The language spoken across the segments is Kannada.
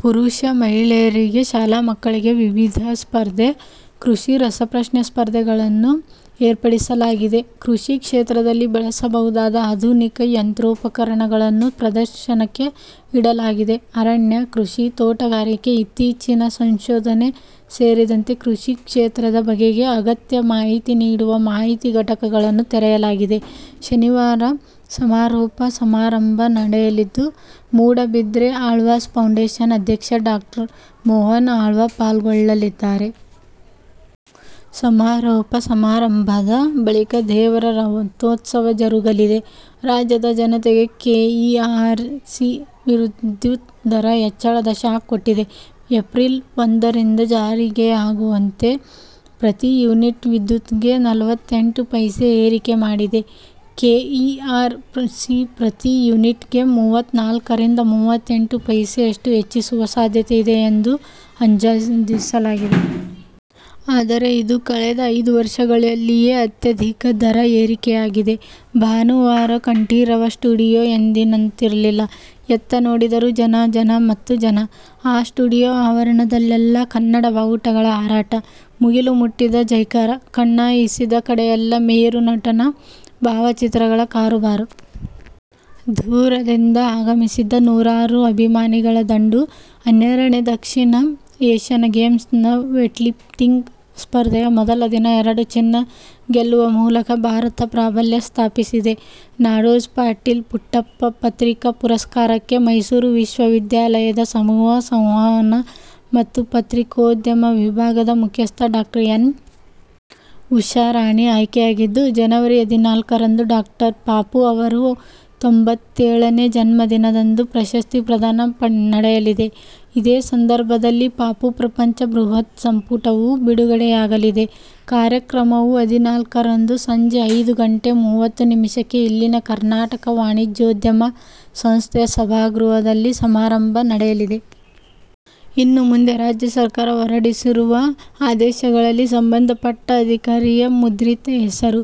ಪುರುಷ, ಮಹಿಳೆಯರಿಗೆ, ಶಾಲಾ ಮಕ್ಕಳಿಗೆ ವಿವಿಧ ಸ್ಪರ್ಧೆ, ಕೃಷಿ ರಸಪ್ರಶ್ನೆ ಸ್ಪರ್ಧೆಗಳನ್ನು ಏರ್ಪಡಿಸಲಾಗಿದೆ. ಕೃಷಿ ಕ್ಷೇತ್ರದಲ್ಲಿ ಬಳಸಬಹುದಾದ ಆಧುನಿಕ ಯಂತ್ರೋಪಕರಣಗಳನ್ನು ಪ್ರದರ್ಶನಕ್ಕೆ ಇಡಲಾಗಿದೆ. ಅರಣ್ಯ, ಕೃಷಿ, ತೋಟಗಾರಿಕೆ, ಇತ್ತೀಚಿನ ಸಂಶೋಧನೆ ಸೇರಿದಂತೆ ಕೃಷಿ ಕ್ಷೇತ್ರದ ಬಗೆಗೆ ಅಗತ್ಯ ಮಾಹಿತಿ ನೀಡುವ ಮಾಹಿತಿ ಘಟಕಗಳನ್ನು ತೆರೆಯಲಾಗಿದೆ. ಶನಿವಾರ ಸಮಾರೋಪ ಸಮಾರಂಭ ನಡೆಯಲಿದ್ದು, ಮೂಡಬಿದ್ರೆ ಆಳ್ವಾಸ್ ಫೌಂಡೇಶನ್ ಅಧ್ಯಕ್ಷ ಡಾ ಮೋಹನ ಆಳ್ವಾ ಪಾಲ್ಗೊಳ್ಳಲಿದ್ದಾರೆ. ಸಮಾರೋಪ ಸಮಾರಂಭದ ಬಳಿಕ ದೇವರ ರಥೋತ್ಸವ ಜರುಗಲಿದೆ. ರಾಜ್ಯದ ಜನತೆಗೆ ಕೆ ಇ ಆರ್ ಸಿ ವಿದ್ಯುತ್ ದರ ಹೆಚ್ಚಳದ ಶಾಕ್ ಕೊಟ್ಟಿದೆ. ಏಪ್ರಿಲ್ ಒಂದರಿಂದ ಜಾರಿಯಾಗುವಂತೆ ಪ್ರತಿ ಯೂನಿಟ್ ವಿದ್ಯುತ್ ಗೆ ನಲವತ್ತೆಂಟು ಪೈಸೆ ಏರಿಕೆ ಮಾಡಿದೆ. ಕೆ ಇ ಆರ್ ಸಿ ಪ್ರತಿ ಯೂನಿಟ್ ಗೆ ಮೂವತ್ನಾಲ್ಕರಿಂದ ಮೂವತ್ತೆಂಟು ಪೈಸೆಯಷ್ಟು ಹೆಚ್ಚಿಸುವ ಸಾಧ್ಯತೆ ಇದೆ ಎಂದು ಅಂದಾಜಿಸಲಾಗಿತ್ತು. ಆದರೆ ಇದು ಕಳೆದ ಐದು ವರ್ಷಗಳಲ್ಲಿಯೇ ಅತ್ಯಧಿಕ ದರ ಏರಿಕೆಯಾಗಿದೆ. ಭಾನುವಾರ ಕಂಠೀರವ ಸ್ಟುಡಿಯೋ ಎಂದಿನಂತಿರಲಿಲ್ಲ. ಎತ್ತ ನೋಡಿದರೂ ಜನ ಜನ ಮತ್ತು ಜನ. ಆ ಸ್ಟುಡಿಯೋ ಆವರಣದಲ್ಲೆಲ್ಲಾ ಕನ್ನಡ ಬಾವುಟಗಳ ಹಾರಾಟ, ಮುಗಿಲು ಮುಟ್ಟಿದ ಜೈಕಾರ, ಕಣ್ಣಾಯಿಸಿದ ಕಡೆಯೆಲ್ಲಾ ಮೇರು ನಟನ ಭಾವಚಿತ್ರಗಳ ಕಾರುಬಾರು. ದೂರದಿಂದ ಆಗಮಿಸಿದ್ದ ನೂರಾರು ಅಭಿಮಾನಿಗಳ ದಂಡು. ಹನ್ನೆರಡನೇ ದಕ್ಷಿಣ ಏಶ್ಯನ್ ಗೇಮ್ಸ್ ನ ವೇಟ್ಲಿಫ್ಟಿಂಗ್ ಸ್ಪರ್ಧೆಯ ಮೊದಲ ದಿನ ಎರಡು ಚಿನ್ನ ಗೆಲ್ಲುವ ಮೂಲಕ ಭಾರತ ಪ್ರಾಬಲ್ಯ ಸ್ಥಾಪಿಸಿದೆ. ನಾಡೋಜ ಪಾಟೀಲ ಪುಟ್ಟಪ್ಪ ಪತ್ರಿಕಾ ಪುರಸ್ಕಾರಕ್ಕೆ ಮೈಸೂರು ವಿಶ್ವವಿದ್ಯಾಲಯದ ಸಮೂಹ ಸಂವಹನ ಮತ್ತು ಪತ್ರಿಕೋದ್ಯಮ ವಿಭಾಗದ ಮುಖ್ಯಸ್ಥೆ ಡಾ ಎನ್. ಉಷಾರಾಣಿ ಆಯ್ಕೆಯಾಗಿದ್ದು, ಜನವರಿ ಹದಿನಾಲ್ಕರಂದು ಡಾಕ್ಟರ್ ಪಾಪು ಅವರ ತೊಂಬತ್ತೇಳನೇ ಜನ್ಮದಿನದಂದು ಪ್ರಶಸ್ತಿ ಪ್ರದಾನ ನಡೆಯಲಿದೆ. ಇದೇ ಸಂದರ್ಭದಲ್ಲಿ ಪಾಪು ಪ್ರಪಂಚ' ಬೃಹತ್ ಸಂಪುಟವೂ ಬಿಡುಗಡೆಯಾಗಲಿದೆ. ಕಾರ್ಯಕ್ರಮವು ಹದಿನಾಲ್ಕರಂದು ಸಂಜೆ ಐದು ಗಂಟೆ ಮೂವತ್ತು ನಿಮಿಷಕ್ಕೆ ಇಲ್ಲಿನ ಕರ್ನಾಟಕ ವಾಣಿಜ್ಯೋದ್ಯಮ ಸಂಸ್ಥೆ ಸಭಾಗೃಹದಲ್ಲಿ ಸಮಾರಂಭ ನಡೆಯಲಿದೆ. "ಇನ್ನು ಮುಂದೆ ರಾಜ್ಯ ಸರ್ಕಾರ ಹೊರಡಿಸುವ ಆದೇಶಗಳಲ್ಲಿ ಸಂಬಂಧಪಟ್ಟ ಅಧಿಕಾರಿಯ ಮುದ್ರಿತ ಹೆಸರು,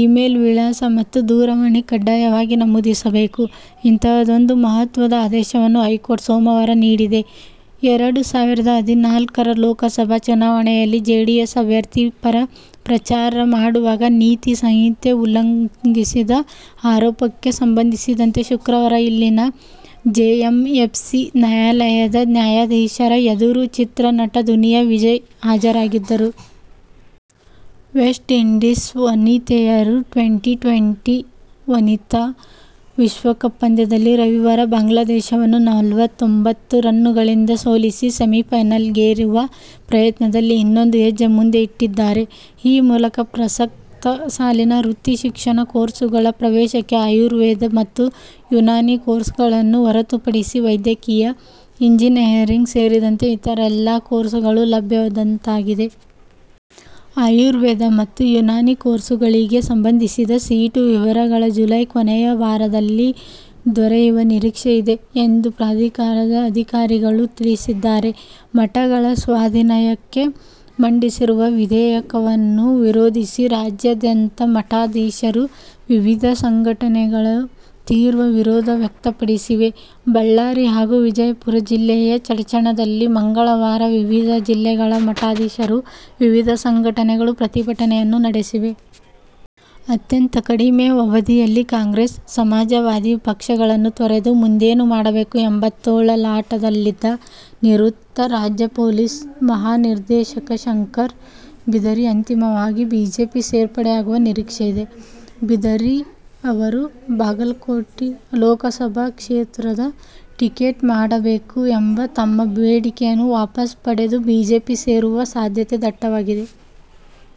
ಇ-ಮೇಲ್ ವಿಳಾಸ ಮತ್ತು ದೂರವಾಣಿ ಕಡ್ಡಾಯವಾಗಿ ನಮೂದಿಸಬೇಕು" ಇಂತಹದೊಂದು ಮಹತ್ವದ ಆದೇಶವನ್ನು ಹೈಕೋರ್ಟ್ ಸೋಮವಾರ ನೀಡಿದೆ. ಎರಡು ಸಾವಿರದ ಹದಿನಾಲ್ಕರ ಲೋಕಸಭಾ ಚುನಾವಣೆಯಲ್ಲಿ ಜೆಡಿಎಸ್ ಅಭ್ಯರ್ಥಿ ಪರ ಪ್ರಚಾರ ಮಾಡುವಾಗ ನೀತಿ ಸಂಹಿತೆ ಉಲ್ಲಂ ಸಿದ ಆರೋಪಕ್ಕೆ ಸಂಬಂಧಿಸಿದಂತೆ ಶುಕ್ರವಾರ ಇಲ್ಲಿನ ಜೆಎಂಎಫ್ಸಿ ನ್ಯಾಯಾಲಯದ ನ್ಯಾಯಾಧೀಶರ ಎದುರು ಚಿತ್ರ ನಟ ದುನಿಯಾ ವಿಜಯ್ ಹಾಜರಾಗಿದ್ದರು. ವೆಸ್ಟ್ಇಂಡೀಸ್ ವನಿತೆಯರು ಟ್ವೆಂಟಿ-ಟ್ವೆಂಟಿ ವನಿತಾ ವಿಶ್ವಕಪ್ ಪಂದ್ಯದಲ್ಲಿ ರವಿವಾರ ಬಾಂಗ್ಲಾದೇಶವನ್ನು ನಲವತ್ತೊಂಬತ್ತು ರನ್ನುಗಳಿಂದ ಸೋಲಿಸಿ ಸೆಮಿಫೈನಲ್ಲಿಗೇರುವ ಪ್ರಯತ್ನದಲ್ಲಿ ಇನ್ನೊಂದು ಹೆಜ್ಜೆ ಮುಂದೆ ಇಟ್ಟಿದ್ದಾರೆ. ಈ ಮೂಲಕ ಪ್ರಸಕ್ತ ಸಾಲಿನ ವೃತ್ತಿ ಶಿಕ್ಷಣ ಕೋರ್ಸುಗಳ ಪ್ರವೇಶಕ್ಕೆ ಆಯುರ್ವೇದ ಮತ್ತು ಯುನಾನಿ ಕೋರ್ಸುಗಳನ್ನು ಹೊರತುಪಡಿಸಿ ವೈದ್ಯಕೀಯ, ಇಂಜಿನಿಯರಿಂಗ್ ಸೇರಿದಂತೆ ಇತರೆಲ್ಲಾ ಕೋರ್ಸುಗಳು ಲಭ್ಯವಾದಂತಾಗಿದೆ. ಆಯುರ್ವೇದ ಮತ್ತು ಯುನಾನಿ ಕೋರ್ಸುಗಳಿಗೆ ಸಂಬಂಧಿಸಿದ ಸೀಟು ವಿವರಗಳು ಜುಲೈ ಕೊನೆಯ ವಾರದಲ್ಲಿ ದೊರೆಯುವ ನಿರೀಕ್ಷೆ ಇದೆ ಎಂದು ಪ್ರಾಧಿಕಾರದ ಅಧಿಕಾರಿಗಳು ತಿಳಿಸಿದ್ದಾರೆ. ಮಠಗಳ ಸ್ವಾಧೀನಕ್ಕೆ ಮಂಡಿಸಿರುವ ವಿಧೇಯಕವನ್ನು ವಿರೋಧಿಸಿ ರಾಜ್ಯಾದ್ಯಂತ ಮಠಾ ಧೀಶರು, ವಿವಿಧ ಸಂಘಟನೆಗಳು ತೀವ್ರ ವಿರೋಧ ವ್ಯಕ್ತಪಡಿಸಿವೆ. ಬಳ್ಳಾರಿ ಹಾಗೂ ವಿಜಯಪುರ ಜಿಲ್ಲೆಯ ಚಡಚಣದಲ್ಲಿ ಮಂಗಳವಾರ ವಿವಿಧ ಜಿಲ್ಲೆಗಳ ಮಠಾಧೀಶರು, ವಿವಿಧ ಸಂಘಟನೆಗಳು ಪ್ರತಿಭಟನೆಯನ್ನು ನಡೆಸಿವೆ. ಅತ್ಯಂತ ಕಡಮೆ ಅವಧಿಯಲ್ಲಿ ಕಾಂಗ್ರೆಸ್, ಸಮಾಜವಾದಿ ಪಕ್ಷಗಳನ್ನು ತೊರೆದು ಮುಂದೇನು ಮಾಡಬೇಕು ಎಂಬ ತೊಳಲಾಟದಲ್ಲಿದ್ದ ನಿವೃತ್ತ ರಾಜ್ಯ ಪೊಲೀಸ್ ಮಹಾನಿರ್ದೇಶಕ ಶಂಕರ್ ಬಿದರಿ ಅಂತಿಮವಾಗಿ ಬಿಜೆಪಿ ಸೇರ್ಪಡೆಯಾಗುವ ನಿರೀಕ್ಷೆಯಿದೆ. ಬಿದರಿ ಅವರು ಬಾಗಲಕೋಟೆ ಲೋಕಸಭಾ ಕ್ಷೇತ್ರದ ಟಿಕೆಟ್ ನೀಡಬೇಕು ಎಂಬ ತಮ್ಮ ಬೇಡಿಕೆಯನ್ನು ವಾಪಸ್ ಪಡೆದು ಬಿಜೆಪಿ ಸೇರುವ ಸಾಧ್ಯತೆ ದಟ್ಟವಾಗಿದೆ.